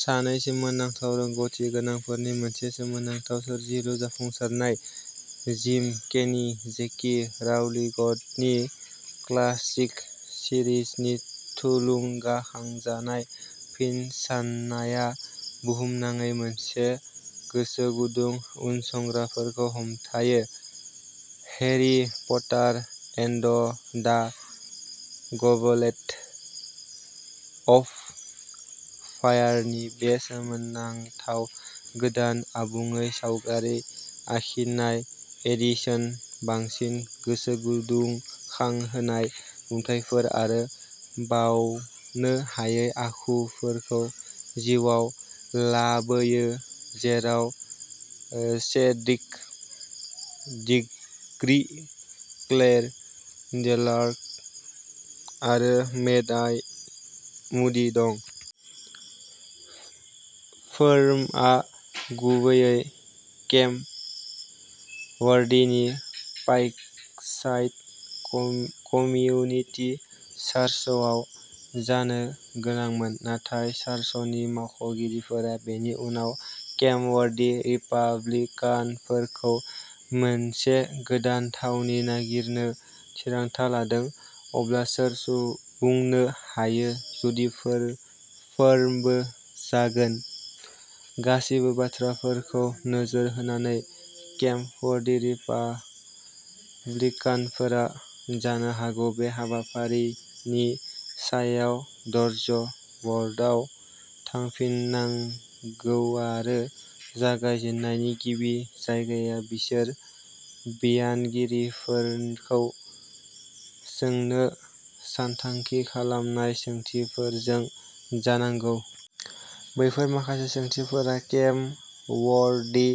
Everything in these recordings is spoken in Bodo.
"सानै सोमोनांथाव रोंग'थि गोनांफोरनि मोनसे सोमोनांथाव सोरजिलु जाफुंसारनाय, जिम केनि जे. के. राउलिंगनि क्लासिक सिरिजनि थुलुंगाखांजानाय फिन साननाया बुहुमनाङै मोनसे गोसोगुदुं उनसंग्राफोरखौ हमथाबो। Harry Potter and the Goblet of फायारनि बे सोमोनांथाव गोदान आबुङै सावगारि आखिनाय एडिशना बांसिन गोसोदुंखांहोनाय नुथायफोर आरो बावनो हायै आखुफोरखौ जिउआव लाबोयो-जेराव सेड्रिक डिग'रि, फ्लेर डेलाक'र आरो मेड-आइ मुडि दं। फोरमआ गुबैयै केम्प वर्देनि पार्कसाइड कमिउनिटि चार्चआव जानो गोनांमोन, नाथाय चार्चनि मावख'गिरिफोरा बेनि उनाव केम्प वर्दे रिपाब्लिकानफोरखौ मोनसे गोदान थावनि नागिरनो थिरांथा लादों। अब्ला सोर बुंनो हायो जुदि फोरमबो जागोन? गासैबो बाथ्राफोरखौ नोजोर होनानै, केम्प वर्दे रिपाब्लिकानफोरा जानो हागौ बे हाबाफारिनि सायाव ड्रइं बर्डआव थांफिननांगौआरो जागायजेन्नायनि गिबि जायगाया बिसोर बिनायगिरिफोरखौ सोंनो सानथांखि खालामनाय सोंथिफोरजों जानांगौ। बैफोर माखासे सोंथिफोरा केम्प वर्दे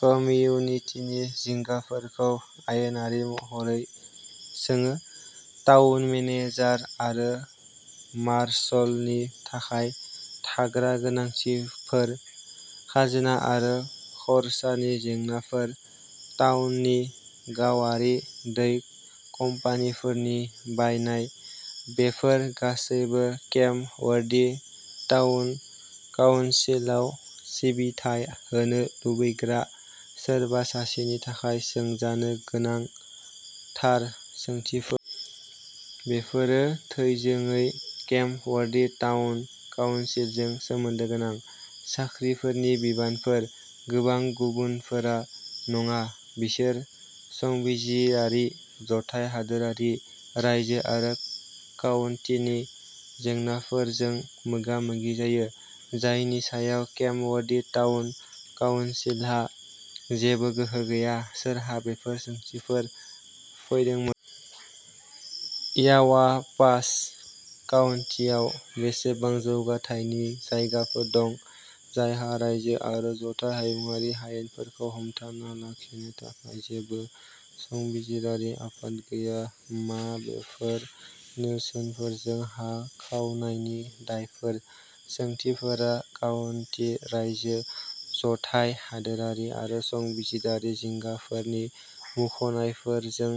कमिउनिटिनि जिंगाफोरखौ आयेनारि महरै सोङो। टाउन मेनेजार आरो मार्शालनि थाखाय थाग्रा गोनांथिफोर। खाजोना आरो खरसानि जेंनाफोर। टाउननि गावारि दै कम्पानिफोरनि बायनाय। बेफोर गासैबो केम्प वर्दे टाउन काउन्सिलआव सिबिथाइ होनो लुबैग्रा सोरबा सासेनि थाखाय सोंजानो गोनां थार सोंथिफोर। बेफोरो थोंजोङै केम्प वर्दे टाउन काउन्सिलजों सोमोन्दो गोनां। साख्रिफोरनि बिबानफोर। गोबां गुबुनफोरा नङा। बिसोर संबिजिरारि, जथाय हादोरारि, रायजो आरो काउन्टीनि जेंनाफोरजों मोगा-मोगि जायो, जायनि सायाव केम्प वर्दे टाउन काउन्सिलहा जेबो गोहो गैया। सोरहा बेफोर सोंथिफोर फैदोंमोन? "यावापाइ काउन्टीआव बेसेबां जौगाथायनि जायगाफोर दं जायहा रायजो आरो जथाय हायुंआरि आयेनफोरखौ हमथाना लाखिनो थाखाय जेबो संबिजिरारि आफाद गैया? मा बेफोर नेरसोनफोरजों हा खावनायनि दायफोर? सोंथिफोरा काउन्टी, रायजो, जथाय हादोरारि आरो संबिजिरारि जिंगाफोरनि मुंख'नायफोरजों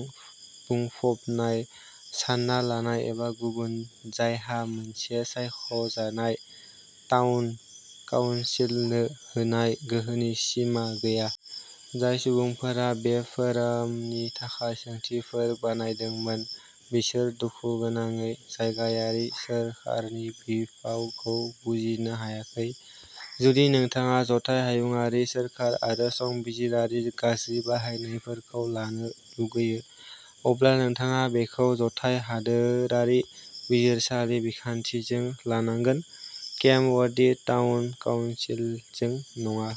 बुंफबनाय-सानना लानाय एबा गुबुन-जायहा मोनसे सायख'जानाय टाउन काउन्सिलनो होनाय गोहोनि सिमा गैया। जाय सुबुंफोरा बे फोरामनि थाखाय सोंथिफोर बानायदोंमोन बिसोर दुखुगोनाङै जायगायारि सोरखारनि बिफावखौ बुजिनो हायाखै। जुदि नोंथाङा जथाय हायुंआरि सोरखार आरो संबिजिरारि गाज्रि बाहायनायफोरखौ लानो लुगैयो, अब्ला नोंथाङा बेखौ जथाय हादोरारि बिजिरसालि बिखान्थिजों लानांगोन, केम्प वर्दे टाउन काउन्सिलजों नङा।